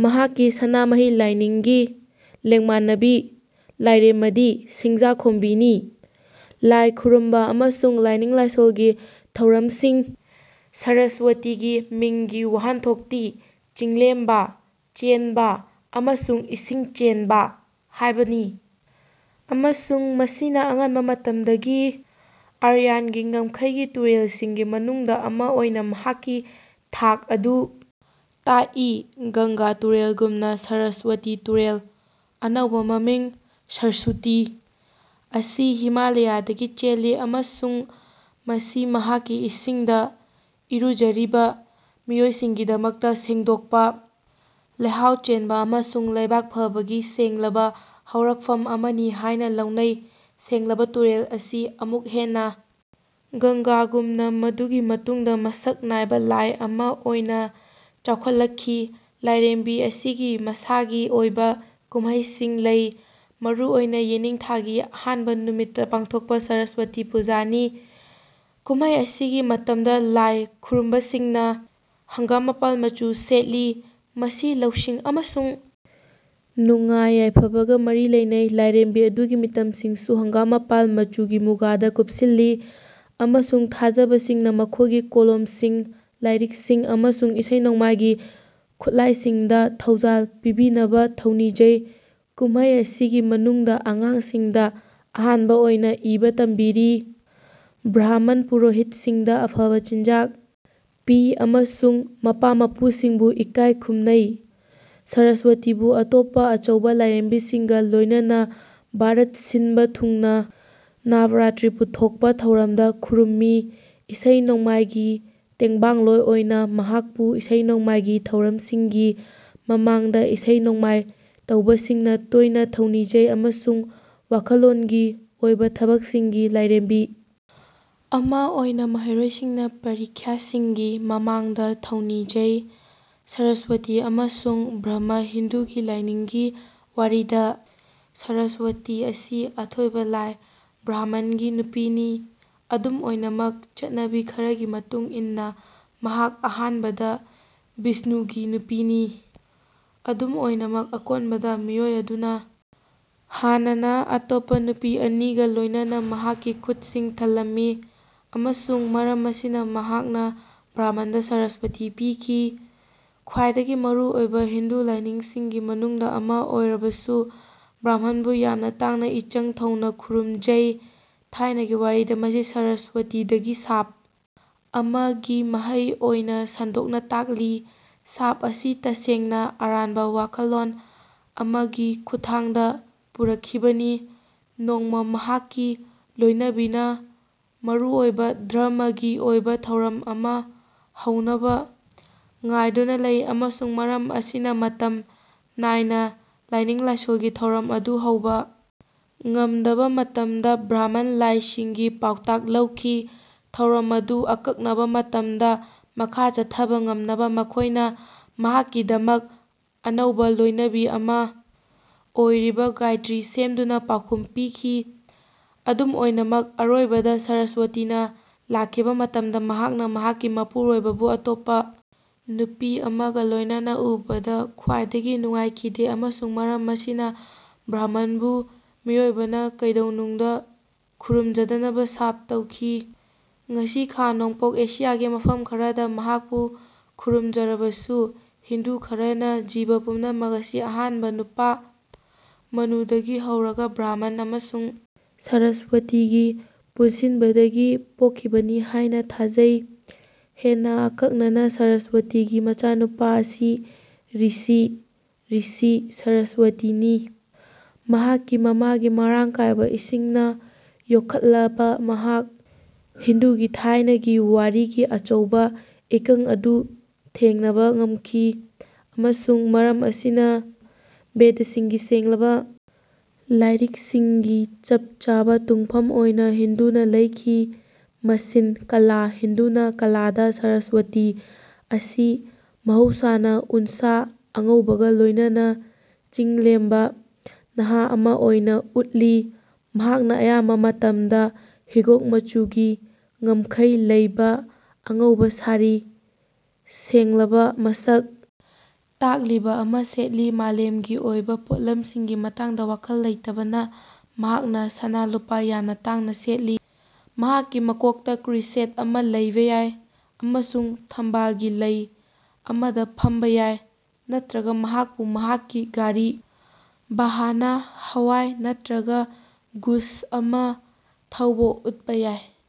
ꯃꯍꯥꯛꯀꯤ ꯁꯅꯥꯃꯍꯤ ꯂꯥꯢꯅꯤꯡꯒꯤ ꯂꯦꯡꯃꯥꯟꯅꯕꯤ ꯂꯥꯢꯔꯦꯝꯃꯗꯤ ꯁꯤꯡꯖꯥꯈꯣꯝꯕꯤꯅꯤ꯫ ꯂꯥꯏ ꯈꯨꯔꯨꯝꯕ ꯑꯃꯁꯨꯡ ꯂꯥꯏꯅꯤꯡ-ꯂꯥꯏꯁꯣꯜꯒꯤ ꯊꯧꯔꯝꯁꯤꯡ ꯁꯔꯁ꯭ꯋꯇꯤꯒꯤ ꯃꯤꯡꯒꯤ ꯋꯥꯍꯟꯊꯣꯛꯇꯤ 'ꯆꯤꯡꯂꯦꯝꯕ', 'ꯆꯦꯟꯕ', ꯑꯃꯁꯨꯡ 'ꯏꯁꯤꯡ ꯆꯦꯟꯕ' ꯍꯥꯏꯕꯅꯤ ꯑꯃꯁꯨꯡ ꯃꯁꯤꯅ ꯑꯉꯟꯕ ꯃꯇꯝꯒꯤ ꯑꯥꯔꯌꯟꯒꯤ ꯉꯝꯈꯩꯒꯤ ꯇꯨꯔꯦꯜꯁꯤꯡꯒꯤ ꯃꯅꯨꯡꯗ ꯑꯃ ꯑꯣꯏꯅ ꯃꯍꯥꯛꯀꯤ ꯊꯥꯛ ꯑꯗꯨ ꯇꯥꯛꯏ꯫ ꯒꯪꯒꯥ ꯇꯨꯔꯦꯜꯒꯨꯝꯅ ꯁꯔꯁ꯭ꯋꯇꯤ ꯇꯨꯔꯦꯜ (ꯑꯅꯧꯕ ꯃꯤꯡ: ꯁꯔꯁꯨꯇꯤ) ꯑꯁꯤ ꯍꯤꯃꯥꯂ꯭ꯌꯥꯗꯒꯤ ꯆꯦꯜꯂꯤ ꯑꯃꯁꯨꯡ ꯃꯁꯤ ꯃꯍꯥꯛꯀꯤ ꯏꯁꯤꯡꯗ ꯏꯔꯨꯖꯔꯤꯕ ꯃꯤꯑꯣꯏꯁꯤꯡꯒꯤꯗꯃꯛ ꯁꯦꯡꯗꯣꯛꯄ, ꯂꯩꯍꯥꯎ ꯆꯦꯟꯕ ꯑꯃꯁꯨꯡ ꯂꯥꯏꯕꯛ ꯐꯕꯒꯤ ꯁꯦꯡꯂꯕ ꯍꯧꯔꯛꯐꯝ ꯑꯃꯅꯤ ꯍꯥꯏꯅ ꯂꯧꯅꯩ꯫ ꯁꯦꯡꯂꯕ ꯇꯨꯔꯦꯜ ꯑꯁꯤ ꯑꯃꯨꯛ ꯍꯟꯅ ꯒꯪꯒꯥꯒꯨꯝꯅ ꯃꯗꯨꯒꯤ ꯃꯇꯨꯡꯗ ꯃꯁꯛ ꯅꯥꯏꯕ ꯂꯥꯏ ꯑꯃ ꯑꯣꯏꯅ ꯆꯥꯎꯈꯠꯂꯛꯈꯤ꯫ ꯂꯥꯏꯔꯦꯝꯕꯤ ꯑꯁꯤꯒꯤ ꯃꯁꯥꯒꯤ ꯑꯣꯏꯕ ꯀꯨꯝꯍꯩꯁꯤꯡ ꯂꯩ, ꯃꯔꯨꯑꯣꯏꯅ ꯌꯦꯅꯤꯡꯊꯥꯒꯤ ꯑꯍꯥꯟꯕ ꯅꯨꯃꯤꯠꯇ ꯄꯥꯡꯊꯣꯛꯄ ꯁꯔꯁ꯭ꯋꯇꯤ ꯄꯨꯖꯥꯅꯤ꯫ ꯀꯨꯝꯃꯩ ꯑꯁꯤꯒꯤ ꯃꯇꯝꯗ ꯂꯥꯏ ꯈꯨꯔꯨꯝꯕꯁꯤꯡꯅ ꯍꯪꯒꯥꯝꯄꯥꯜ ꯃꯆꯨ ꯁꯦꯠꯂꯤ꯫ ꯃꯁꯤ ꯂꯧꯁꯤꯡ ꯑꯃꯁꯨꯡ ꯅꯨꯡꯉꯥꯏ-ꯌꯥꯏꯐꯕꯒ ꯃꯔꯤ ꯂꯩꯅꯩ꯫ ꯂꯥꯏꯔꯦꯝꯕꯤ ꯑꯗꯨꯒꯤ ꯃꯤꯇꯝꯁꯤꯡꯁꯨ ꯍꯪꯒꯥꯝꯄꯥꯜ ꯃꯆꯨꯒꯤ ꯃꯨꯒꯥꯗ ꯀꯨꯞꯁꯤꯜꯂꯤ, ꯑꯃꯁꯨꯡ ꯊꯥꯖꯕꯁꯤꯡꯅ ꯃꯈꯣꯏꯒꯤ ꯀꯣꯂꯣꯝꯁꯤꯡ, ꯂꯥꯏꯔꯤꯛꯁꯤꯡ ꯑꯃꯁꯨꯡ ꯏꯁꯩ-ꯅꯣꯡꯃꯥꯏꯒꯤ ꯈꯨꯠꯂꯥꯏꯁꯤꯡꯗ ꯊꯧꯖꯥꯜ ꯄꯤꯕꯤꯅꯕ ꯊꯧꯅꯤꯖꯩ꯫ ꯀꯨꯝꯃꯩ ꯑꯁꯤꯒꯤ ꯃꯅꯨꯡꯗ ꯑꯉꯥꯡꯁꯤꯡꯗ ꯑꯍꯥꯟꯕ ꯑꯣꯏꯅ ꯏꯕ ꯇꯝꯕꯤꯔꯤ, ꯕ꯭ꯔꯥꯍꯃꯟ ꯄꯨꯔꯣꯍꯤꯠꯁꯤꯡꯗ ꯑꯐꯕ ꯆꯤꯟꯖꯥꯛ ꯄꯤ, ꯑꯃꯁꯨꯡ ꯃꯄꯥ-ꯃꯄꯨꯁꯤꯡꯕꯨ ꯏꯀꯥꯏ ꯈꯨꯝꯅꯩ꯫ ꯁꯔꯁ꯭ꯋꯇꯤꯕꯨ ꯑꯇꯣꯞꯄ ꯑꯆꯧꯕ ꯂꯥꯏꯔꯦꯝꯕꯤꯁꯤꯡꯒ ꯂꯣꯏꯅꯅ ꯚꯥꯔꯠ ꯁꯤꯟꯕ ꯊꯨꯡꯅ ꯅꯕꯔꯥꯇ꯭ꯔꯤ ꯄꯥꯡꯊꯣꯛꯄ ꯊꯧꯔꯝꯗ ꯈꯨꯔꯨꯝꯃꯤ꯫ ꯏꯁꯩ-ꯅꯣꯡꯃꯥꯏꯒꯤ ꯇꯦꯡꯕꯥꯡꯂꯣꯏ ꯑꯣꯏꯅ, ꯃꯍꯥꯛꯄꯨ ꯏꯁꯩ-ꯅꯣꯡꯃꯥꯏꯒꯤ ꯊꯧꯔꯝꯁꯤꯡꯒꯤ ꯃꯃꯥꯡꯗ ꯏꯁꯩ-ꯅꯣꯡꯃꯥꯏ ꯇꯧꯕꯁꯤꯡꯅ ꯇꯣꯏꯅ ꯊꯧꯅꯤꯖꯩ ꯑꯃꯁꯨꯡ ꯋꯥꯈꯜꯂꯣꯟꯒꯤ ꯑꯣꯏꯕ ꯊꯕꯛꯁꯤꯡꯒꯤ ꯂꯥꯏꯔꯦꯝꯕꯤ ꯑꯃ ꯑꯣꯏꯅ ꯃꯍꯩꯔꯣꯏꯁꯤꯡꯅ ꯄꯔꯤꯈꯥꯁꯤꯡꯒꯤ ꯃꯃꯥꯡꯗ ꯊꯧꯅꯤꯖꯩ꯫ ꯁꯔꯁ꯭ꯋꯇꯤ ꯑꯃꯁꯨꯡ ꯕ꯭ꯔꯍꯃ ꯍꯤꯟꯗꯨꯒꯤ ꯂꯥꯏꯒꯤ ꯋꯥꯔꯤꯗ, ꯁꯔꯁ꯭ꯋꯇꯤ ꯑꯁꯤ ꯑꯊꯣꯏꯕ ꯂꯥꯏ ꯕ꯭ꯔꯍꯃꯟꯒꯤ ꯅꯨꯄꯤꯅꯤ꯫ ꯑꯗꯨꯝ ꯑꯣꯏꯅꯃꯛ ꯆꯠꯅꯕꯤ ꯈꯔꯒꯤ ꯃꯇꯨꯡ ꯏꯟꯅ ꯃꯍꯥꯛ ꯑꯍꯥꯟꯕꯗ ꯕꯤꯁꯅꯨꯒꯤ ꯅꯨꯄꯤꯅꯤ꯫ ꯑꯗꯨꯝ ꯑꯣꯏꯅꯃꯛ ꯑꯀꯣꯟꯕꯒꯤ ꯃꯤꯑꯣꯏ ꯑꯗꯨꯅ ꯍꯥꯟꯅꯅ ꯑꯇꯣꯞꯄ ꯅꯨꯄꯤ ꯑꯅꯤꯒ ꯂꯣꯏꯅꯅ ꯃꯍꯥꯛꯀꯤ ꯈꯨꯠꯁꯤꯡ ꯊꯜꯂꯝꯃꯤ ꯑꯃꯁꯨꯡ ꯃꯔꯝ ꯑꯁꯤꯅ ꯃꯍꯥꯛꯅ ꯕ꯭ꯔꯍꯃꯟꯗ ꯁꯔꯁ꯭ꯋꯇꯤ ꯄꯤꯈꯤ꯫ ꯈ꯭ꯋꯥꯏꯗꯒꯤ ꯃꯔꯨꯑꯣꯏꯕ ꯍꯤꯟꯗꯨ ꯂꯥꯏꯁꯤꯡꯒꯤ ꯃꯅꯨꯡꯗ ꯑꯃꯥ ꯑꯣꯏꯔꯕꯁꯨ, ꯕ꯭ꯔꯍꯃꯟꯕꯨ ꯌꯥꯝꯅ ꯇꯥꯡꯅ ꯏꯆꯪ ꯊꯧꯅ ꯈꯨꯔꯨꯝꯖꯩ꯫ ꯊꯥꯏꯅꯒꯤ ꯋꯥꯔꯤꯗ ꯃꯁꯤ ꯁꯔꯁ꯭ꯋꯇꯤꯗꯒꯤ ꯁꯥꯞ ꯑꯃꯒꯤ ꯃꯍꯩ ꯑꯣꯏꯅ ꯁꯟꯗꯣꯛꯅ ꯇꯥꯛꯂꯤ꯫ ꯁꯥꯞ ꯑꯁꯤ ꯇꯁꯦꯡꯅ ꯑꯔꯥꯟꯕ ꯋꯥꯈꯜꯂꯣꯟ ꯑꯃꯒꯤ ꯈꯨꯠꯊꯥꯡꯗ ꯄꯨꯔꯛꯈꯤꯕꯅꯤ꯫ ꯅꯣꯡꯃ ꯃꯍꯥꯛꯀꯤ ꯂꯣꯏꯅꯕꯤꯅ ꯃꯔꯨꯑꯣꯏꯕ ꯙꯔꯃꯒꯤ ꯑꯣꯏꯕ ꯊꯧꯔꯝ ꯑꯃ ꯍꯧꯅꯕ ꯉꯥꯏꯗꯨꯅ ꯂꯩꯕ ꯑꯃꯁꯨꯡ ꯃꯔꯝ ꯑꯁꯤꯅ ꯃꯇꯝ ꯅꯥꯏꯅ ꯂꯥꯏꯅꯤꯡ-ꯂꯥꯏꯁꯣꯜꯒꯤ ꯊꯧꯔꯝ ꯑꯗꯨ ꯍꯧꯕ ꯉꯝꯗꯕ ꯃꯇꯝꯗ, ꯕ꯭ꯔꯍꯃꯟ ꯂꯥꯏꯁꯤꯡꯒꯤ ꯄꯥꯎꯇꯥꯛ ꯂꯧꯈꯤ꯫ ꯊꯧꯔꯝ ꯑꯗꯨ ꯑꯀꯛꯅꯕ ꯃꯇꯝꯗ ꯃꯈꯥ ꯆꯠꯊꯕ ꯉꯝꯅꯕ ꯃꯈꯣꯏꯅ ꯃꯍꯥꯛꯀꯤꯗꯃꯛ ꯑꯅꯧꯕ ꯂꯣꯏꯅꯕꯤ ꯑꯃ ꯑꯣꯏꯔꯤꯕ ꯒꯥꯏꯇ꯭ꯔꯤ ꯁꯦꯝꯗꯨꯅ ꯄꯥꯎꯈꯨꯝ ꯄꯤꯈꯤ꯫ ꯑꯗꯨꯝ ꯑꯣꯏꯅꯃꯛ ꯑꯔꯣꯏꯕꯗ ꯁꯔꯁ꯭ꯋꯇꯤꯅ ꯂꯥꯛꯈꯤꯕ ꯃꯇꯝꯗ ꯃꯍꯥꯛꯅ ꯃꯍꯥꯛꯀꯤ ꯃꯄꯨꯔꯣꯏꯕꯕꯨ ꯑꯇꯣꯞꯄ ꯅꯨꯄꯤ ꯑꯃꯒ ꯂꯣꯏꯅꯅ ꯎꯕꯗ ꯈ꯭ꯋꯥꯏꯗꯒꯤ ꯅꯨꯡꯉꯥꯏꯈꯤꯗꯦ ꯑꯃꯁꯨꯡ ꯃꯔꯝ ꯑꯁꯤꯅ ꯕ꯭ꯔꯍꯃꯟꯕꯨ ꯃꯤꯑꯣꯏꯕꯅ ꯀꯩꯗꯧꯅꯨꯡꯗ ꯈꯨꯔꯨꯝꯖꯗꯅꯕ ꯁꯥꯞ ꯇꯧꯈꯤ (ꯉꯁꯤ ꯈꯥ-ꯅꯣꯡꯄꯣꯛ ꯑꯦꯁꯤꯌꯥꯒꯤ ꯃꯐꯝ ꯈꯔꯗ ꯃꯍꯥꯛꯄꯨ ꯈꯨꯔꯨꯝꯖꯔꯕꯁꯨ)꯫ ꯍꯤꯟꯗꯨ ꯈꯔꯅ ꯖꯤꯕ ꯄꯨꯝꯅꯃꯛ ꯑꯁꯤ ꯑꯍꯥꯟꯕ ꯅꯨꯄꯥ ꯃꯅꯨꯗꯒꯤ ꯍꯧꯔꯒ ꯕ꯭ꯔꯍꯃꯟ ꯑꯃꯁꯨꯡ ꯁꯔꯁ꯭ꯋꯇꯤꯒꯤ ꯄꯨꯟꯁꯤꯟꯕꯗꯒꯤ ꯄꯣꯛꯈꯤꯕꯅꯤ ꯍꯥꯏꯅ ꯊꯥꯖꯩ꯫ ꯍꯦꯟꯅ ꯑꯀꯛꯅꯅ, ꯁꯔꯁ꯭ꯋꯇꯤꯒꯤ ꯃꯆꯥꯅꯨꯄꯥ ꯑꯁꯤ ꯔꯤꯁꯤ (ꯔꯤꯁꯤ) ꯁꯔꯁ꯭ꯋꯇꯅꯤ꯫ ꯃꯍꯥꯛꯀꯤ ꯃꯃꯥꯒꯤ ꯃꯔꯥꯡ ꯀꯥꯏꯕ ꯏꯁꯤꯡꯅ ꯌꯣꯛꯈꯠꯂꯕ ꯃꯍꯥꯛ ꯍꯤꯟꯗꯨꯒꯤ ꯊꯥꯏꯅꯒꯤ ꯋꯥꯔꯤꯒꯤ ꯑꯆꯧꯕ ꯏꯀꯪ ꯑꯗꯨ ꯊꯦꯡꯅꯕ ꯉꯝꯈꯤ ꯑꯃꯁꯨꯡ ꯃꯔꯝ ꯑꯁꯤꯅ ꯕꯦꯗꯁꯤꯡꯒꯤ ꯁꯦꯡꯂꯕ ꯂꯥꯏꯔꯤꯛꯁꯤꯡꯒꯤ ꯆꯞ ꯆꯥꯕ ꯇꯨꯡꯐꯝ ꯑꯣꯏꯅ ꯍꯤꯡꯗꯨꯅ ꯂꯩꯈꯤ꯫ ꯃꯁꯤꯟ (ꯀꯂꯥ) ꯍꯤꯟꯗꯨ ꯀꯂꯥꯗ, ꯁꯔꯁ꯭ꯋꯇꯤ ꯑꯁꯤ ꯃꯍꯧꯁꯥꯅ ꯎꯟꯁꯥ ꯑꯉꯧꯕꯒ ꯂꯣꯏꯅꯅ ꯆꯤꯡꯂꯦꯝꯕ ꯅꯍꯥ ꯑꯃꯥ ꯑꯣꯏꯅ ꯎꯠꯂꯤ꯫ ꯃꯍꯥꯛꯅ ꯑꯌꯥꯝꯕ ꯃꯇꯝꯗ ꯍꯤꯒꯣꯛ ꯃꯆꯨꯒꯤ ꯉꯝꯈꯩ ꯂꯩꯕ ꯑꯉꯧꯕ ꯁꯥꯔꯤ (ꯁꯦꯡꯂꯕ ꯃꯁꯛ ꯇꯥꯛꯂꯤꯕ) ꯑꯃ ꯁꯦꯠꯂꯤ꯫ ꯃꯥꯂꯦꯝꯒꯤ ꯑꯣꯏꯕ ꯄꯣꯠꯂꯝꯁꯤꯡꯒꯤ ꯃꯇꯥꯡꯗ ꯋꯥꯈꯜ ꯂꯩꯇꯕꯅ ꯃꯍꯥꯛꯅ ꯁꯅꯥ-ꯂꯨꯄꯥ ꯌꯥꯝꯅ ꯇꯥꯡꯅ ꯁꯦꯠꯂꯤ꯫ ꯃꯍꯥꯛꯀꯤ ꯃꯀꯣꯛꯇ ꯀ꯭ꯔꯤꯁꯦꯟꯠ ꯑꯃ ꯂꯩꯕ ꯌꯥꯏ ꯑꯃꯁꯨꯡ ꯊꯝꯕꯥꯜꯒꯤ ꯂꯩ ꯑꯃꯗ ꯐꯝꯕ ꯌꯥꯏ꯫ ꯅꯠꯇ꯭ꯔꯒ ꯃꯍꯥꯛꯄꯨ ꯃꯍꯥꯛꯀꯤ ꯒꯥꯔꯤ (ꯚꯥꯍꯥꯅꯥ), ꯍꯋꯥꯏ ꯅꯠꯇ꯭ꯔꯒ ꯒꯨꯁ ꯑꯃ ꯊꯧꯕ ꯎꯠꯄ ꯌꯥꯏ꯫